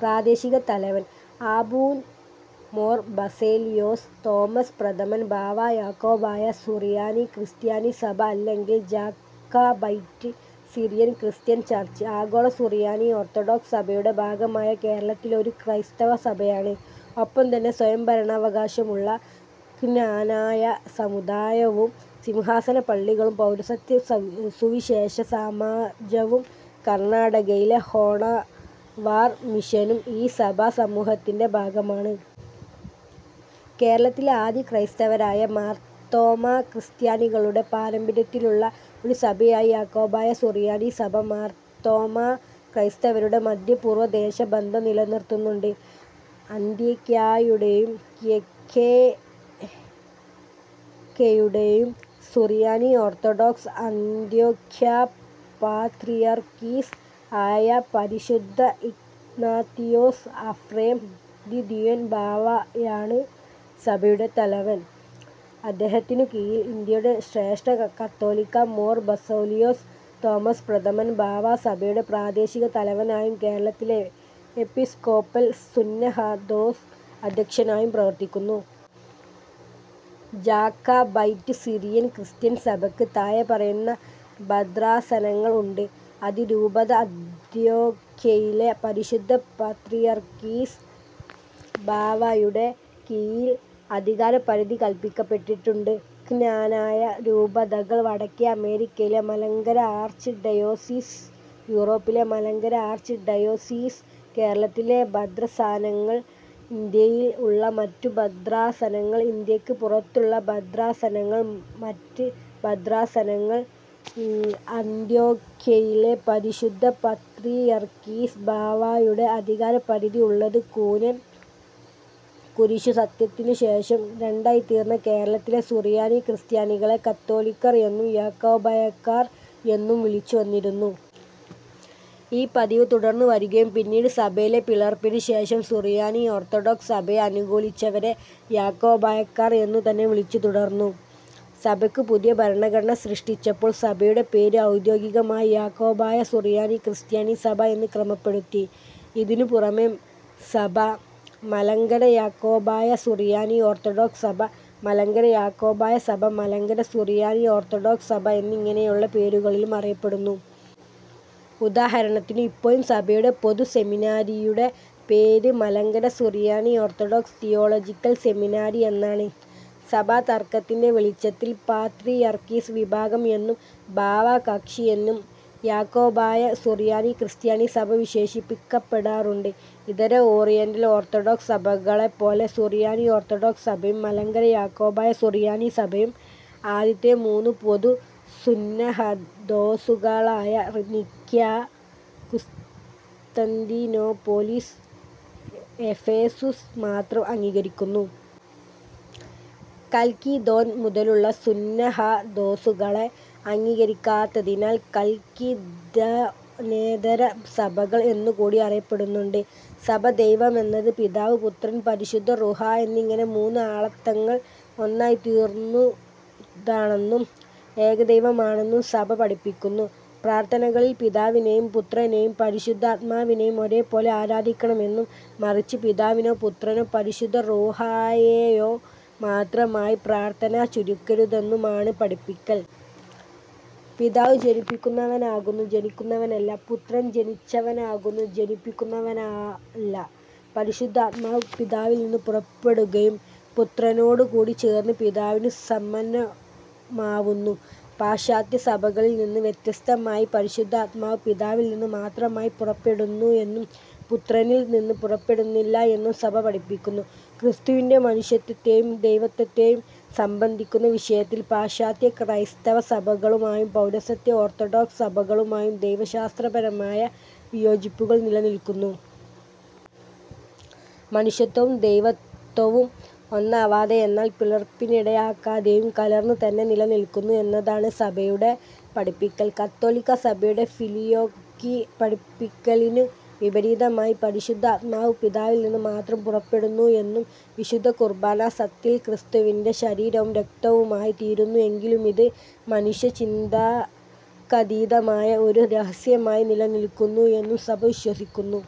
പ്രാദേശിക തലവൻ: ആബൂൻ മോർ ബസേലിയോസ് തോമസ് പ്രഥമൻ ബാവാ യാക്കോബായ സുറിയാനി ക്രിസ്ത്യാനി സഭ അല്ലെങ്കിൽ ജാക്കബൈറ്റ് സിറിയൻ ക്രിസ്ത്യൻ ചർച്, ആഗോള സുറിയാനി ഓർത്തഡോക്സ് സഭയുടെ ഭാഗമായ കേരളത്തിലെ ഒരു ക്രൈസ്തവ സഭയാണ്. ഒപ്പം തന്നെ സ്വയംഭരണാവകാശമുള്ള ക്നാനായ സമുദായവും സിംഹാസന പള്ളികളും പൗരസ്ത്യ സുവിശേഷ സമാജവും കർണാടകയിലെ ഹോണവാർ മിഷനും ഈ സഭാ സമൂഹത്തിൻ്റെ ഭാഗമാണ്. കേരളത്തിലെ ആദിക്രൈസ്തവരായ മാർത്തോമാ ക്രിസ്ത്യാനികളുടെ പാരമ്പര്യത്തിലുള്ള ഒരു സഭയായ യാക്കോബായ സുറിയാനി സഭ, മാർത്തോമാ ക്രൈസ്തവരുടെ മദ്ധ്യപൂർവ്വദേശ ബന്ധം നിലനിർത്തുന്നുണ്ട്. അന്ത്യോഖ്യായുടേയും കിഴക്കൊക്കെയുടേയും സുറിയാനി ഓർത്തഡോക്സ് അന്ത്യോഖ്യാ പാത്രിയർക്കീസ് ആയ പരിശുദ്ധ ഇഗ്നാത്തിയോസ് അഫ്രേം ദ്വിതിയൻ ബാവായാണ് സഭയുടെ തലവൻ. അദ്ദേഹത്തിനു കീഴിൽ ഇന്ത്യയുടെ ശ്രേഷ്ഠ കത്തോലിക്ക മോർ ബസേലിയോസ് തോമസ് പ്രഥമൻ ബാവാ സഭയുടെ പ്രാദേശിക തലവനായും കേരളത്തിലെ എപ്പിസ്കോപ്പൽ സുന്നഹദോസ് അദ്ധ്യക്ഷനായും പ്രവർത്തിക്കുന്നു. ജാക്കബൈറ്റ് സിറിയൻ ക്രിസ്ത്യൻ സഭയ്ക്ക് താഴെ പറയുന്ന ഭദ്രാസനങ്ങൾ ഉണ്ട് അതിരൂപത അന്ത്യോഖ്യയിലെ പരിശുദ്ധ പാത്രീയർക്കീസ് ബാവായുടെ കീഴിൽ അധികാരപരിധി കൽപ്പിക്കപ്പെട്ടിട്ടുണ്ട് ക്നാനായ രൂപതകൾ വടക്കേ അമേരിക്കയിലെ മലങ്കര ആർച്ച് ഡയോസീസ് യൂറോപ്പിലെ മലങ്കര ആർച്ച് ഡയോസീസ് കേരളത്തിലെ ഭദ്രാസനങ്ങൾ ഇന്ത്യയിൽ ഉള്ള മറ്റു ഭദ്രാസനങ്ങൾ ഇന്ത്യയ്ക്ക് പുറത്തുള്ള ഭദ്രാസനങ്ങൾ മറ്റ് ഭദ്രാസനങ്ങൾ അന്ത്യോഖ്യയിലെ പരിശുദ്ധ പാത്രീയർക്കീസ് ബാവായുടെ അധികാരപരിധി ഉള്ളത് കൂനൻ കുരിശു സത്യത്തിനു ശേഷം രണ്ടായിത്തീർന്ന കേരളത്തിലെ സുറിയാനി ക്രിസ്ത്യാനികളെ കത്തോലിക്കർ എന്നും യാക്കോബായക്കാർ എന്നും വിളിച്ചുവന്നിരുന്നു. ഈ പതിവ് തുടർന്ന് വരികയും പിന്നീട് സഭയിലെ പിളർപ്പിനു ശേഷം സുറിയാനി ഓർത്തഡോക്സ് സഭയെ അനുകൂലിച്ചവരെ യാക്കോബായക്കാർ എന്ന് തന്നെ വിളിച്ച് തുടർന്നു. സഭയ്ക്ക് പുതിയ ഭരണഘടന സൃഷ്ടിച്ചപ്പോൾ സഭയുടെ പേര് ഔദ്യോഗികമായി യാക്കോബായ സുറിയാനി ക്രിസ്ത്യാനി സഭ എന്ന് ക്രമപ്പെടുത്തി. ഇതിനു പുറമെ സഭ മലങ്കര യാക്കോബായ സുറിയാനി ഓർത്തഡോക്സ് സഭ, മലങ്കര യാക്കോബായ സഭ, മലങ്കര സുറിയാനി ഓർത്തഡോക്സ് സഭ എന്നിങ്ങനെയുള്ള പേരുകളിലും അറിയപ്പെടുന്നു. ഉദാഹരണത്തിനു ഇപ്പോഴും സഭയുടെ പൊതു സെമിനാരിയുടെ പേര് Malankara Suriyani orthodox theological seminary എന്നാണ്. സഭാതർക്കത്തിൻ്റെ വെളിച്ചത്തിൽ പാത്രിയർക്കീസ് വിഭാഗം എന്നും ബാവാ കക്ഷി എന്നും യാക്കോബായ സുറിയാനി ക്രിസ്ത്യാനി സഭ വിശേഷിപ്പിക്കപ്പെടാറുണ്ട്. ഇതര ഓറിയൻ്റൽ ഓർത്തഡോക്സ് സഭകളെ പോലെ സുറിയാനി ഓർത്തഡോക്സ് സഭയും മലങ്കര യാക്കോബായ സുറിയാനി സഭയും ആദ്യത്തെ മൂന്ന് പൊതു സുന്നഹദോസുകളായ നിഖ്യാ, കുസ്തന്തീനോപ്പൊലീസ്, എഫേസുസ് മാത്രം അംഗീകരിക്കുന്നു. കൽക്കിദോൻ മുതലുള്ള സുന്നഹദോസുകളെ അംഗീകരിക്കാത്തതിനാൽ കൽക്കിദോന്യേതര സഭകൾ എന്നുകൂടി അറിയപ്പെടുന്നുണ്ട് സഭ. ദൈവമെന്നത് പിതാവ് പുത്രൻ, പരിശുദ്ധ റൂഹാ എന്നിങ്ങനെ മൂന്ന് ആളത്തങ്ങൾ ഒന്നായി തീരുന്നതാണെന്നും ഏകദൈവമാണെന്നും സഭ പഠിപ്പിക്കുന്നു. പ്രാർത്ഥനകളിൽ പിതാവിനെയും പുത്രനെയും പരിശുദ്ധാത്മാവിനെയും ഒരേ പോലെ ആരാധിക്കണമെന്നും മറിച്ച് പിതാവിനോ പുത്രനോ പരിശുദ്ധ റൂഹായേയോ മാത്രമായി പ്രാർത്ഥന ചുരുക്കരുതെന്നുമാണ് പഠിപ്പിക്കൽ. "പിതാവ് ജനിപ്പിക്കുന്നവനാകുന്നു, ജനിക്കുന്നവനല്ല. പുത്രൻ ജനിച്ചവനാകുന്നു ജനിപ്പിക്കുന്നവനല്ല. പരിശുദ്ധാത്മാവ് പിതാവിൽ നിന്ന് പുറപ്പെടുകയും പുത്രനോടു കൂടി ചേർന്ന് പിതാവിനു സമനുമാവുന്നു. "പാശ്ചാത്യ സഭകളിൽ നിന്ന് വ്യത്യസ്തമായി പരിശുദ്ധാത്മാവ് പിതാവിൽ നിന്ന് മാത്രമായി പുറപ്പെടുന്നു എന്നും പുത്രനിൽ നിന്ന് പുറപ്പെടുന്നില്ല എന്നും സഭ പഠിപ്പിക്കുന്നു. ക്രിസ്തുവിൻ്റെ മനുഷ്യത്വത്തെയും ദൈവത്വത്തെയും സംബന്ധിക്കുന്ന വിഷയത്തിൽ പാശ്ചാത്യ ക്രൈസ്തവ സഭകളുമായും പൗരസ്ത്യ ഓർത്തഡോക്സ് സഭകളുമായും ദൈവശാസ്ത്രപരമായ വിയോജിപ്പുകൾ നിലനിൽക്കുന്നു. മനുഷ്യത്വവും ദൈവത്വവും ഒന്നാവാതെ എന്നാൽ പിളർപ്പിനിടയാകാതെയും കലർന്ന് തന്നെ നിലനിൽക്കുന്നു എന്നതാണ് സഭയുടെ പഠിപ്പിക്കൽ. കത്തോലിക്ക സഭയുടെ ഫിലിയോക്വി പഠിപ്പിക്കലിനു വിപരീതമായി പരിശുദ്ധാത്മാവ് പിതാവിൽ നിന്ന് മാത്രം പുറപ്പെടുന്നു എന്നും വിശുദ്ധ കുർബാന സത്തിൽ ക്രിസ്തുവിൻ്റെ ശരീരവും രക്തവുമായി തീരുന്നു എങ്കിലുമിത് മനുഷ്യചിന്തക്കതീതമായ ഒരു രഹസ്യമായി നിലനിൽക്കുന്നു എന്നും സഭ വിശ്വസിക്കുന്നു.